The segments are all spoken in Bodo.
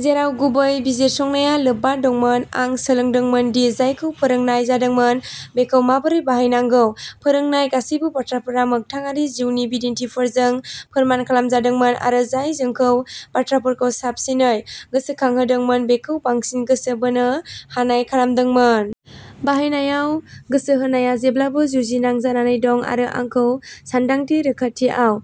जेराव गुबै बिजिरसंनाया लोब्बा दंमोन, आं सोलोंदोंमोन दि जायखौ फोरोंनाय जादोंमोन बेखौ माबोरै बाहायनांगौ। फोरोंनाय गासैबो बाथ्राफोरा मोगथाङारि जिउनि बिदिन्थिफोरजों फोरमान खालामजादोंमोन आरो जाय जोंखौ बाथ्राफोरखौ साबसिनै गोसोखांहोदोंमोन, बेखौ बांसिन गोसो बोनो हानाय खालामदोंमोन। बाहायनायाव गोसो होनाया जेब्लाबो जुजिनां जानानै दं आरो आंखौ सानदांथि रोखाथियाव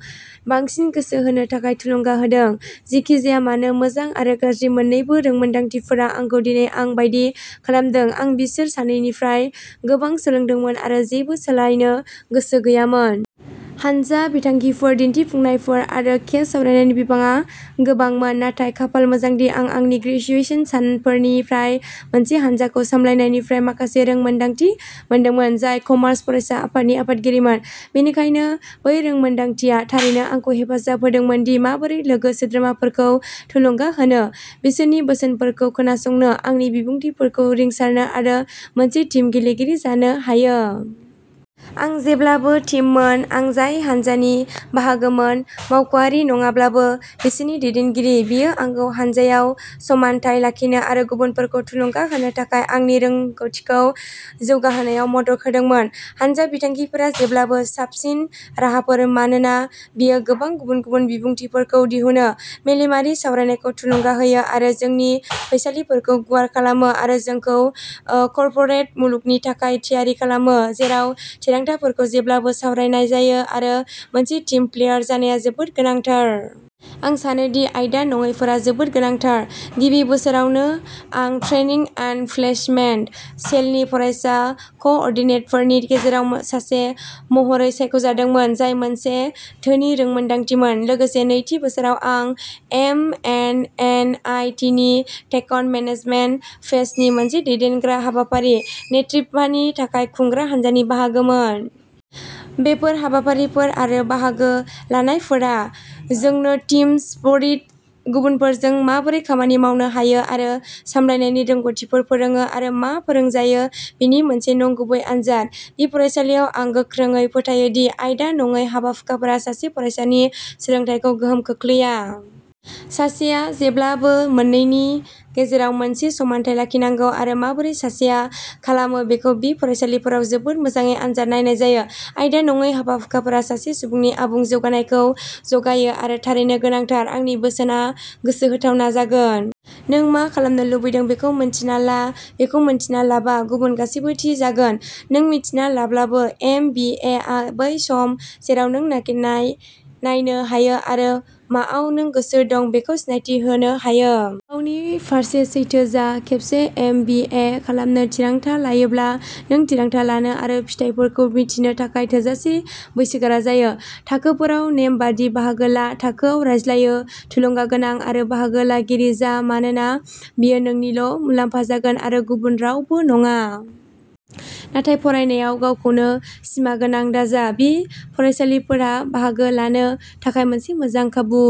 बांसिन गोसो होनो थाखाय थुलुंगा होदों। जेखि जाया मानो, मोजां आरो गाज्रि मोननैबो रोंमोनदांथिफोरा आंखौ दिनै आं बायदि खालामदों। आं बिसोर सानैनिफ्राय गोबां सोलोंदोंमोन आरो जेबो सोलायनो गोसो गैयामोन। हानजा बिथांखिफोर, दिन्थिफुंनायफोर आरो केस सावरायनायनि बिबाङा गोबांमोन। नाथाय खाफाल मोजांदि आं आंनि ग्रेजुएसन सानफोरनिफ्राय मोनसे हानजाखौ सामलायनायनिफ्राय माखासे रोंमोनदांथि मोनदोंमोन, जाय कमार्स फरायसा आफादनि आफादगिरिमोन। बेनिखायनो, बै रोंमोनदांथिया थारैनो आंखौ हेफाजाब होदोंमोन दि माबोरै लोगो सोद्रोमाफोरखौ थुलुंगा होनो, बिसोरनि बोसोनफोरखौ खोनासंनो, आंनि बिबुंथिफोरखौ रिंसारनो आरो मोनसे टीम गेलेगिरि जानो हायो। आं जेब्लाबो टीममोन। आं जाय हान्जानि बाहागोमोन, मावख'वारि नङाब्लाबो, बिसोरनि दैदेनगिरि। बेयो आंखौ हानजायाव समानथाय लाखिनो आरो गुबुनफोरखौ थुलुंगा होनो थाखाय आंनि रोंग'थिखौ जौगाहोनायाव मदद होदोंमोन। हान्जा बिथांखिफोरा जेब्लाबो साबसिन राहाफोर मानोना बेयो गोबां गुबुन-गुबुन बिबुंथिफोरखौ दिहुनो, मेलेमारि सावरायनायखौ थुलुंगा होयो आरो जोंनि फैसालिफोरखौ गुवार खालामो आरो जोंखौ कर्परेट मुलुगनि थाखाय थियारि खालामो जेराव थिरांथाफोरखौ जेब्लाबो सावरायनाय जायो आरो मोनसे टीम प्लेयार जानाया जोबोद गोनांथार। आं सानोदि आयदा नङैफोरा जोबोद गोनांथार। गिबि बोसोरावनो, आं ट्रेनिं एन्ड प्लेसमेन्ट सेलनि फरायसा कअर्डिनेटरफोरनि गेजेराव सासे महरै सायख'जादोंमोन, जाय मोनसे धोनि रोंमोनदांथिमोन। लोगोसे, नैथि बोसोराव, आं एम एन एन आइ टिनि टेक्न'-मेनेजमेन्ट फेस्टनि मोनसे दैदेनग्रा हाबाफारि, नेट्रिभानि थाखाय खुंग्रा हानजानि बाहागोमोन। बेफोर हाबाफारिफोर आरो बाहागो लाफानायफोरा जोंनो टीम स्पिरिट, गुबुनफोरजों माबोरै खामानि मावनो हायो, आरो सामलायनायनि रोंग'थिफोर फोरोङो आरो मा फोरोंजायो बेनि मोनसे नंगुबै आनजाद। बि फरायसालियाव आं गोख्रोङै फोथायोदि आयदा नङै हाबा-हुखाफोरा सासे फरायसानि सोलोंथाइखौ गोहोम खोख्लैया। सासेआ जेब्लाबो मोननैनि गेजेराव मोनसे समानथाय लाखिनांगौ आरो माबोरै सासेया खालामो बेखौ बि फरायसालिफोराव जोबोद मोजाङै आनजाद नायनाय जायो। आयदा-नङै हाबा-हुखाफोरा सासे सुबुंनि आबुं जौगानायखौ जगायो आरो थारैनो गोनांथार। आंनि बोसोनआ गोसो होथावना जागोन। नों मा खालामनो लुबैदों बेखौ मिन्थिना ला। बेखौ मिन्थिना लाबा, गुबुन गासैबो थि जागोन। नों मिन्थिना लाब्लाबो, एम बि ए आ बै सम जेराव नों नागिरना नायनो हायो आरो माआव नों गोसो दं बेखौ सिनायथि होनो हायो। गावनि फारसे सैथो जा। खेबसे एम बि ए खालामनो थिरांथा लायोब्ला, नों थिरांथा लानो आरो फिथायफोरखौ मिन्थिनो थाखाय थोजासे बैसोगोरा जायो। थाखोफोराव नेमबादि बाहागो ला, थाखोयाव रायज्लायो, थुलुंगागोनां आरो बाहागो लागिरि जा मानोना बेयो नोंनिल' मुलाम्फा जागोन आरो गुबुन रावबो नङा। नाथाय फरायनायाव गावखौनो सिमागोनां दाजा, बि फरायसालिफोरा बाहागो लानो थाखाय मोनसे मोजां खाबु।